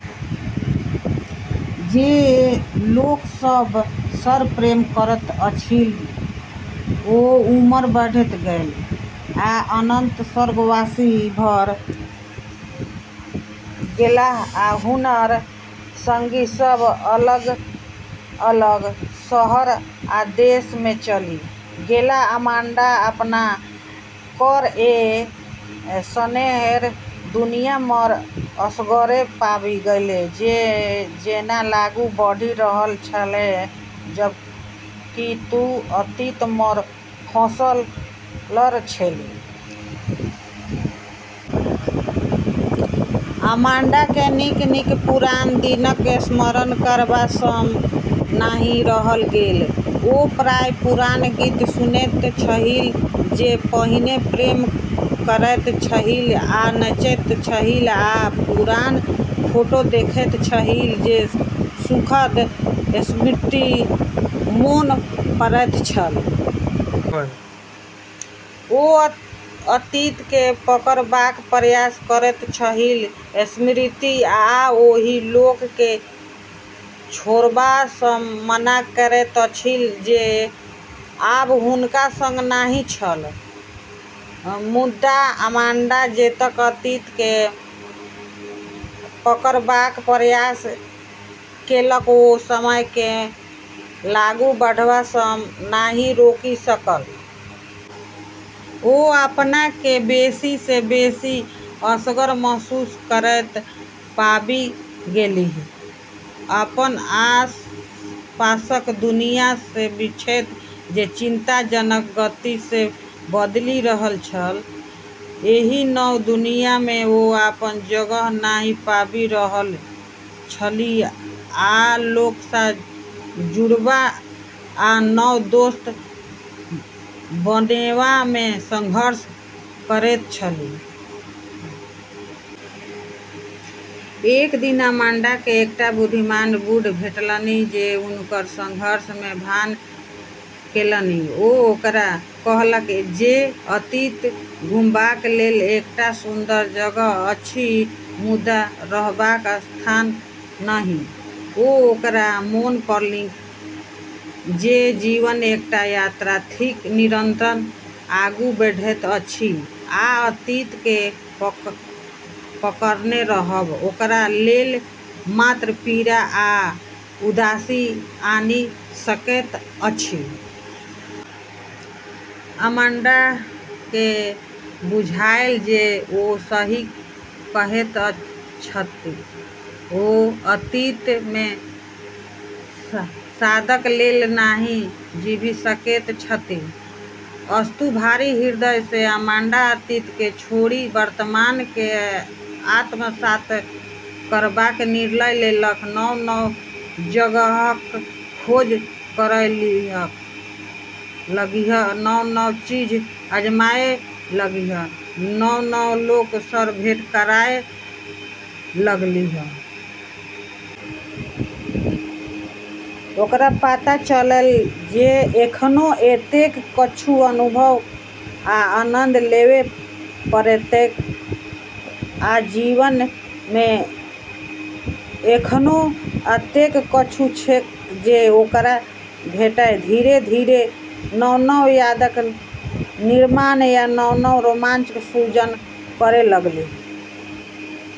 जे लोक सब सऽ प्रेम करैत छलीह ओ उम्र बढ़ैत गेल आ अंततः स्वर्गवासी भऽ गेलाह, आ हुनकर संगी सब अलग-अलग शहर आ देश मे चलि गेलाह। अमांडा अपना कऽ एक ऐन्हऽ दुनिया मऽ असगरे पाबी गेलै जे जेना आगू बढ़ी रहलऽ छेलै, जबकि वू अतीत मऽ फंसलऽ छेली। अमांडा केँ नीक-नीक पुरान दिनक स्मरण करबा सँ नहि रहल गेल। ओ प्रायः पुरान गीत सुनैत छलीह जे पहिने प्रेम करैत छलीह आ नाचैत छलीह, आ पुरान फोटो देखैत छलीह जे सुखद स्मृति मोन पाड़ैत छल। ओ अतीत केँ पकड़बाक प्रयास करैत छलीह, स्मृति आ ओहि लोक केँ छोड़बा सँ मना करैत छलीह जे आब हुनका संग नहि छल। मुदा अमांडा जतेक अतीत केँ पकड़बाक प्रयास केलक, ओ समय केँ आगू बढ़बा सँ नहि रोकि सकल। ओ अपना केँ बेसी सँ बेसी असगर महसूस करैत पाबि गेलीह, अपन आसपासक दुनियाँ सँ विच्छेद जे चिंताजनक गति सँ बदलि रहल छल। एहि नव दुनिया मे ओ अपन जगह नहि पाबि रहल छलीह आ लोक स जुड़बा आ नव दोस्त बनेबा मे संघर्ष करैत छलीह। एक दिन अमांडा के एकटा बुद्धिमान बूढ़ भेटलनि जे हुनकर संघर्ष के भान केलनि। ओ ओकरा कहलक जे अतीत घुमबाक लेल एकटा सुन्दर जगह अछि, मुदा रहबाक स्थान नहि, ओ ओकरा मोन पाड़लनि जे जीवन एकटा यात्रा थिक, निरंतर आगू बढ़ैत अछि, आ अतीत केँ पकड़ने रहब ओकरा लेल मात्र पीड़ा आ उदासी आनि सकैत अछि। अमांडा के बुझायल जे ओ सही कहैत छथि ओ अतीत मे सदाक लेल नहि जीबि सकैत छथि। अस्तु, भारी हृदय सँ अमांडा अतीत केँ छोड़ि वर्तमान केँ आत्मसात करबाक निर्णय लेलक। नव-नव जगहक खोज करय लगलीह, नव-नव चीज आजमाबय लगलीह, नव-नव लोक सऽ भेंट करय लगलीह । ओकरा पता चललै जे एखनो एतेक किछु अनुभव आ आनंद लेबय पड़तैक, आ जीवन मे एखनो एतेक किछु छैक जे ओकरा भेटय। धीरे-धीरे नव-नव यादक निर्माण आ नव-नव रोमांच सृजन करय लगलीह।